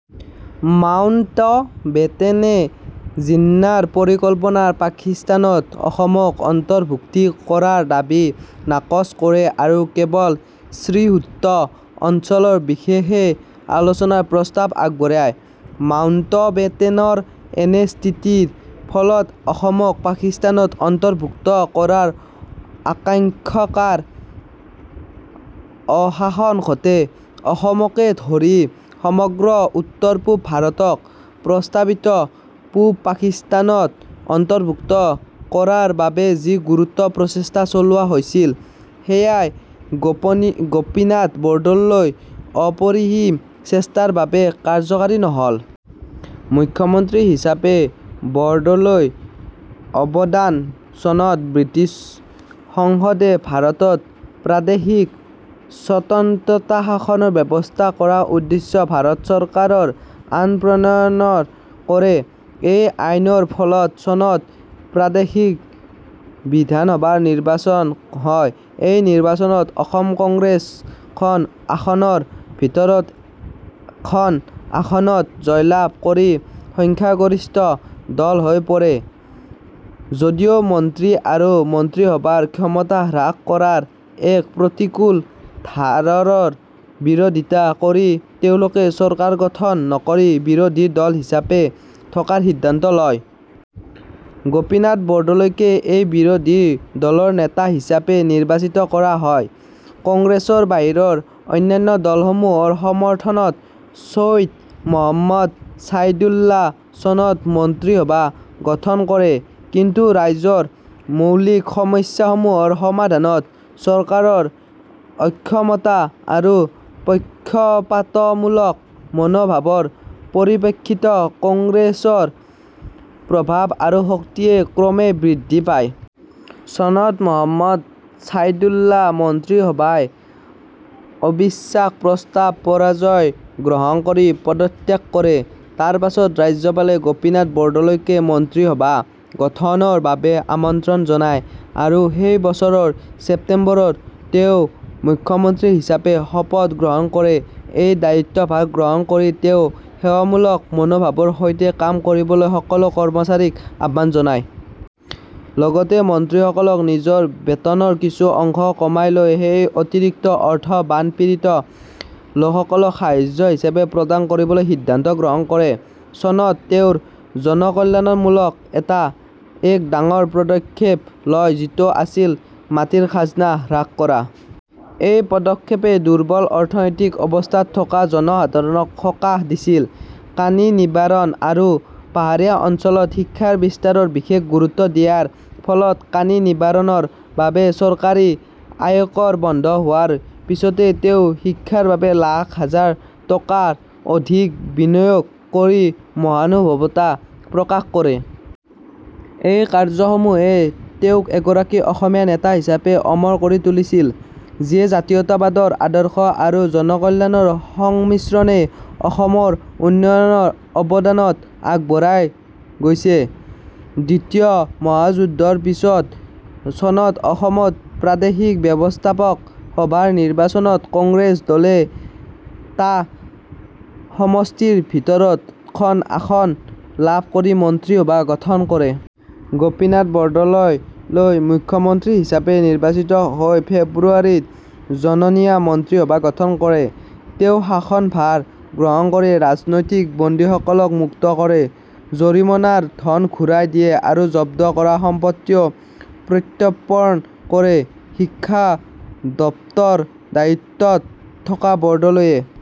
মাউণ্টবেটেনে জিন্নাৰ পৰিকল্পনাৰ পাকিস্তানত অসমক অন্তৰ্ভুক্তি কৰাৰ দাবী নাকচ কৰে আৰু কেৱল শ্ৰীহট্ট অঞ্চলৰ বিষয়ে আলোচনাৰ প্ৰস্তাৱ আগবঢ়ায়। মাউণ্টবেটেনৰ এনে স্থিতিৰ ফলত অসমক পাকিস্তানত অন্তৰ্ভুক্ত কৰাৰ আশংকাৰ অৱসান ঘটে। অসমকে ধৰি সমগ্ৰ উত্তৰ-পূব ভাৰতক প্ৰস্তাৱিত পূব পাকিস্তানত অন্তৰ্ভুক্ত কৰাৰ বাবে যি গুৰুতৰ প্ৰচেষ্টা চলোৱা হৈছিল; সেয়া গোপীনাথ বৰদলৈৰ অপৰিসীম চেষ্টাৰ বাবে কাৰ্যকৰী নহ'ল। মুখ্যমন্ত্ৰী হিচাপে বৰদলৈৰ অৱদান চনত ব্ৰিটিছ সংসদে ভাৰতত প্ৰাদেশিক স্বায়ত্তশাসনৰ ব্যৱস্থা কৰা উদ্দেশ্য ভাৰত চৰকাৰ আইন প্ৰণয়ন কৰে। এই আইনৰ ফলত চনত প্ৰাদেশিক বিধানসভা নিৰ্বাচন হয়। এই নিৰ্বাচনত অসম কংগ্ৰেছে খন আসনৰ ভিতৰত খন আসনত জয়লাভ কৰি সংখ্যাগৰিষ্ঠ দল হৈ পৰে, যদিও মন্ত্ৰী আৰু মন্ত্ৰীসভাৰ ক্ষমতা হ্ৰাস কৰাৰ এক প্ৰতিকূল ধাৰাৰ বিৰোধিতা কৰি তেওঁলোকে চৰকাৰ গঠন নকৰি বিৰোধী দল হিচাপে থকাৰ সিদ্ধান্ত লয়। গোপীনাথ বৰদলৈকে এই বিৰোধী দলৰ নেতা হিচাপে নিৰ্বাচিত কৰা হয়। কংগ্ৰেছৰ বাহিৰৰ অন্যান্য দলসমূহৰ সমৰ্থনত ছৈয়দ মহম্মদ ছাদুল্লাই চনত মন্ত্ৰীসভা গঠন কৰে। কিন্তু ৰাইজৰ মৌলিক সমস্যাসমূহৰ সমাধানত চৰকাৰৰ অক্ষমতা আৰু পক্ষপাতমূলক মনোভাৱৰ পৰিপ্ৰেক্ষিতত কংগ্ৰেছৰ প্ৰভাৱ আৰু শক্তি ক্ৰমে বৃদ্ধি পায়। চনত মহম্মদ ছাদুল্লাৰ মন্ত্ৰীসভাই অবিশ্বাস প্ৰস্তাৱত পৰাজয় গ্ৰহণ কৰি পদত্যাগ কৰে। তাৰ পিছত ৰাজ্যপালে গোপীনাথ বৰদলৈক মন্ত্ৰীসভা গঠনৰ বাবে আমন্ত্ৰণ জনায় আৰু সেই বছৰৰ ছেপ্তেম্বৰত তেওঁ মুখ্যমন্ত্ৰী হিচাপে শপত গ্ৰহণ কৰে। এই দায়িত্বভাৰ গ্ৰহণ কৰি তেওঁ সেৱামূলক মনোভাৱৰ সৈতে কাম কৰিবলৈ সকলো কৰ্মচাৰীক আহ্বান জনায়। লগতে মন্ত্ৰীসকলক নিজৰ বেতনৰ কিছু অংশ কমাই লৈ সেই অতিৰিক্ত অৰ্থ বানপীড়িত লোকসকলক সাহায্য হিচাপে প্ৰদান কৰিবলৈ সিদ্ধান্ত গ্ৰহণ কৰে। চনত তেওঁ জনকল্যাণমূলক এক ডাঙৰ পদক্ষেপ লয় যিটো আছিল মাটিৰ খাজনা হ্ৰাস কৰা। এই পদক্ষেপে দুৰ্বল অৰ্থনৈতিক অৱস্থাত থকা জনসাধাৰণক সকাহ দিছিল। কানি নিবাৰণ আৰু পাহাৰীয়া অঞ্চলত শিক্ষাৰ বিস্তাৰত বিশেষ গুৰুত্ব দিয়াৰ ফলত কানি নিবাৰণৰ বাবে চৰকাৰী আয়কৰ বন্ধ হোৱাৰ পিছতো তেওঁ শিক্ষাৰ বাবে লাখ হাজাৰ টকাৰ অধিক বিনিয়োগ কৰি মহানুভৱতা প্ৰকাশ কৰে। এই কাৰ্যসমূহে তেওঁক এগৰাকী অসমীয়া নেতা হিচাপে অমৰ কৰি তুলিছিল, যিয়ে জাতীয়তাবাদী আদৰ্শ আৰু জনকল্যাণৰ সংমিশ্ৰণেৰে অসমৰ উন্নয়নত অৱদান আগবঢ়াই গৈছে। দ্বিতীয় মহাযুদ্ধৰ পিছত চনত অসমত প্ৰাদেশিক ব্যৱস্থাপক সভাৰ নিৰ্বাচনত কংগ্ৰেছ দলে টা সমষ্টিৰ ভিতৰত খন আসন লাভ কৰি মন্ত্ৰীসভা গঠন কৰে। গোপীনাথ বৰদলৈ মুখ্যমন্ত্ৰী হিচাপে নিৰ্বাচিত হৈ ফেব্ৰুৱাৰীত জনীয়া মন্ত্ৰীসভা গঠন কৰে। তেওঁ শাসনভাৰ গ্ৰহণ কৰি ৰাজনৈতিক বন্দীসকলক মুক্ত কৰে, জৰিমনাৰ ধন ঘূৰাই দিয়ে আৰু জব্দ কৰা সম্পত্তি প্ৰত্যাৰ্পণ কৰে। শিক্ষা দপ্তৰৰ দায়িত্বত থকা বৰদলৈয়ে